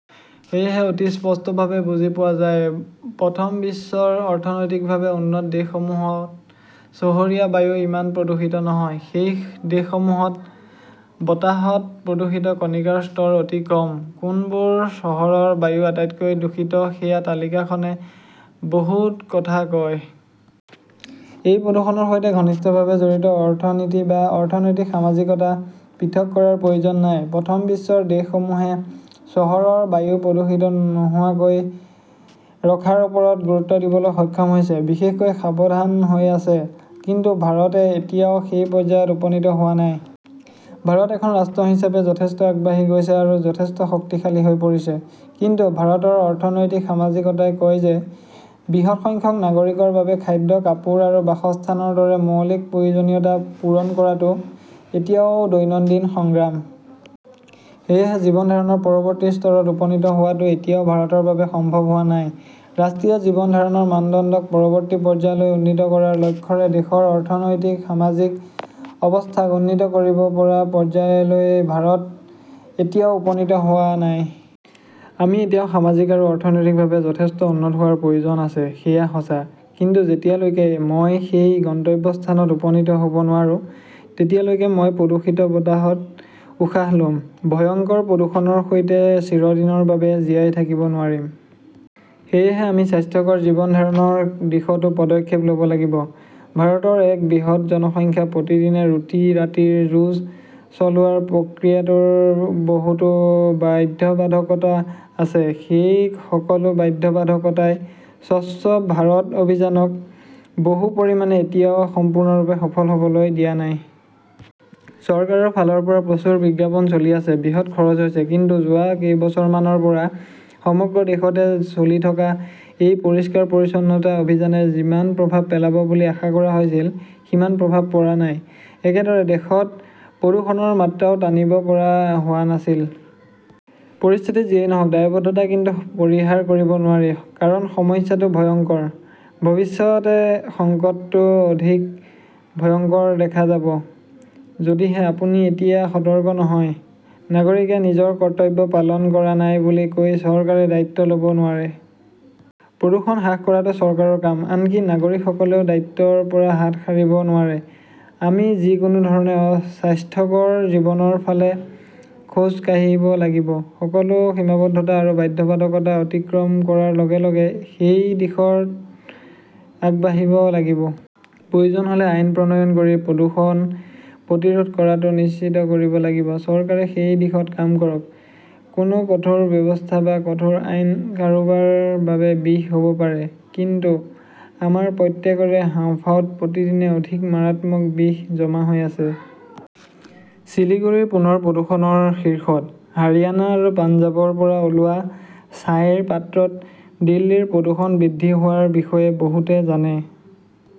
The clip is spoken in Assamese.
সেয়েহে অতি স্পষ্টভাৱে বুজি পোৱা যায়, প্ৰথম বিশ্বৰ অৰ্থনৈতিকভাৱে উন্নত দেশসমূহত চহৰীয়া বায়ু ইমান প্ৰদূষিত নহয়। সেই দেশসমূহত বতাহত প্ৰদূষিত কণিকাৰ স্তৰ অতি কম। কোনবোৰ চহৰৰ বায়ু আটাইতকৈ দূষিত, সেয়া তালিকাখনে বহুত কথা কয়। এই প্ৰদূষণৰ সৈতে ঘনিষ্ঠভাৱে জড়িত অৰ্থনীতি বা অৰ্থনৈতিক-সামাজিকতা পৃথক কৰাৰ প্ৰয়োজন নাই। প্ৰথম বিশ্বৰ দেশসমূহে চহৰৰ বায়ু প্ৰদূষিত নোহোৱাকৈ ৰখাৰ ওপৰত গুৰুত্ব দিবলৈ সক্ষম হৈছে, বিশেষকৈ সাৱধান হৈ আছে। কিন্তু ভাৰতে এতিয়াও সেই পৰ্যায়ত উপনীত হোৱা নাই। ভাৰত এখন ৰাষ্ট্ৰ হিচাপে যথেষ্ট আগবাঢ়ি গৈছে আৰু যথেষ্ট শক্তিশালী হৈ পৰিছে। কিন্তু ভাৰতৰ অৰ্থনৈতিক-সামাজিকতাই কয় যে, বৃহৎ সংখ্যক নাগৰিকৰ বাবে খাদ্য, কাপোৰ আৰু বাসস্থানৰ দৰে মৌলিক প্ৰয়োজনীয়তা পূৰণ কৰাটো এতিয়াও দৈনন্দিন সংগ্ৰাম। সেয়েহে জীৱন ধাৰণৰ পৰৱৰ্তী স্তৰত উপনীত হোৱাটো এতিয়াও ভাৰতৰ বাবে সম্ভৱ হোৱা নাই। ৰাষ্ট্ৰীয় জীৱন ধাৰণৰ মানদণ্ডক পৰৱৰ্তী পৰ্যায়লৈ উন্নীত কৰাৰ লক্ষ্যৰে দেশৰ অৰ্থনৈতিক-সামাজিক অৱস্থাক উন্নীত কৰিব পৰা পৰ্যায়লৈ ভাৰত এতিয়াও উপনীত হোৱা নাই। আমি এতিয়াও সামাজিক আৰু অৰ্থনৈতিকভাৱে যথেষ্ট উন্নত হোৱাৰ প্ৰয়োজন আছে, সেয়া সঁচা। কিন্তু যেতিয়ালৈকে মই সেই গন্তব্যস্থানত উপনীত হব নোৱাৰোঁ, তেতিয়ালৈকে মই প্ৰদূষিত বতাহত উশাহ লম। ভয়ংকৰ প্ৰদূষণৰ সৈতে চিৰদিনৰ বাবে জীয়াই থাকিব নোৱাৰিম। সেয়েহে আমি স্বাস্থ্যকৰ জীৱন ধাৰণৰ দিশতো পদক্ষেপ লব লাগিব। ভাৰতৰ এক বৃহৎ জনসংখ্যা প্ৰতিদিনে ৰুটি-ৰাতিৰ যুঁজ চলোৱাৰ প্ৰক্ৰিয়াটোৰ বহুতো বাধ্যবাধকতা আছে। সেই সকলো বাধ্যবাধকতাই স্বচ্ছ ভাৰত অভিযানক বহু পৰিমাণে এতিয়াও সম্পূৰ্ণৰূপে সফল হবলৈ দিয়া নাই। চৰকাৰৰ ফালৰ পৰা প্ৰচুৰ বিজ্ঞাপন চলি আছে, বৃহৎ খৰচ হৈছে, কিন্তু যোৱা কেইবছৰমানৰ পৰা সমগ্ৰ দেশতে চলি থকা এই পৰিষ্কাৰ-পৰিচ্ছন্নতা অভিযানে যিমান প্ৰভাৱ পেলাব বুলি আশা কৰা হৈছিল, সিমান প্ৰভাৱ পৰা নাই। একেদৰে, দেশত প্ৰদূষণৰ মাত্ৰাও টানিব পৰা হোৱা নাছিল। পৰিস্থিতি যিয়েই নহওঁক, দায়বদ্ধতা কিন্তু পৰিহাৰ কৰিব নোৱাৰি। কাৰণ সমস্যাটো ভয়ংকৰ। ভৱিষ্যতে সংকটটো অধিক ভয়ংকৰ দেখা যাব, যদিহে আপুনি এতিয়া সতৰ্ক নহয়। নাগৰিকে নিজৰ কৰ্তব্য পালন কৰা নাই বুলি কৈ চৰকাৰে দায়িত্ব লব নোৱাৰে। প্ৰদূষণ হ্ৰাস কৰাটো চৰকাৰৰ কাম, আনকি নাগৰিকসকলেও দায়িত্বৰ পৰা হাত সাৰিব নোৱাৰে। আমি যিকোনো ধৰণে স্বাস্থ্যকৰ জীৱনৰ ফালে খোজ কাঢ়িব লাগিব। সকলো সীমাবদ্ধতা আৰু বাধ্যবাধকতা অতিক্ৰম কৰাৰ লগে লগে সেই দিশত আগবাঢ়িব লাগিব। প্ৰয়োজন হলে আইন প্ৰণয়ন কৰি প্ৰদূষণ প্ৰতিৰোধ কৰাটো নিশ্চিত কৰিব লাগিব। চৰকাৰে সেই দিশত কাম কৰক। কোনো কঠোৰ ব্যৱস্থা বা কঠোৰ আইন কাৰোবাৰ বাবে বিষ হব পাৰে। কিন্তু আমাৰ প্ৰত্যেকৰে হাঁওফাঁওত প্ৰতিদিনে অধিক মাৰাত্মক বিষ জমা হৈ আছে। শিলিগুৰি পুনৰ প্ৰদূষণৰ শীৰ্ষত । হাৰিয়ানা আৰু পঞ্জাৱৰ পৰা ওলোৱা ছাইৰ পাত্ৰত দিল্লীৰ প্ৰদূষণ বৃদ্ধি হোৱাৰ বিষয়ে বহুতে জানে।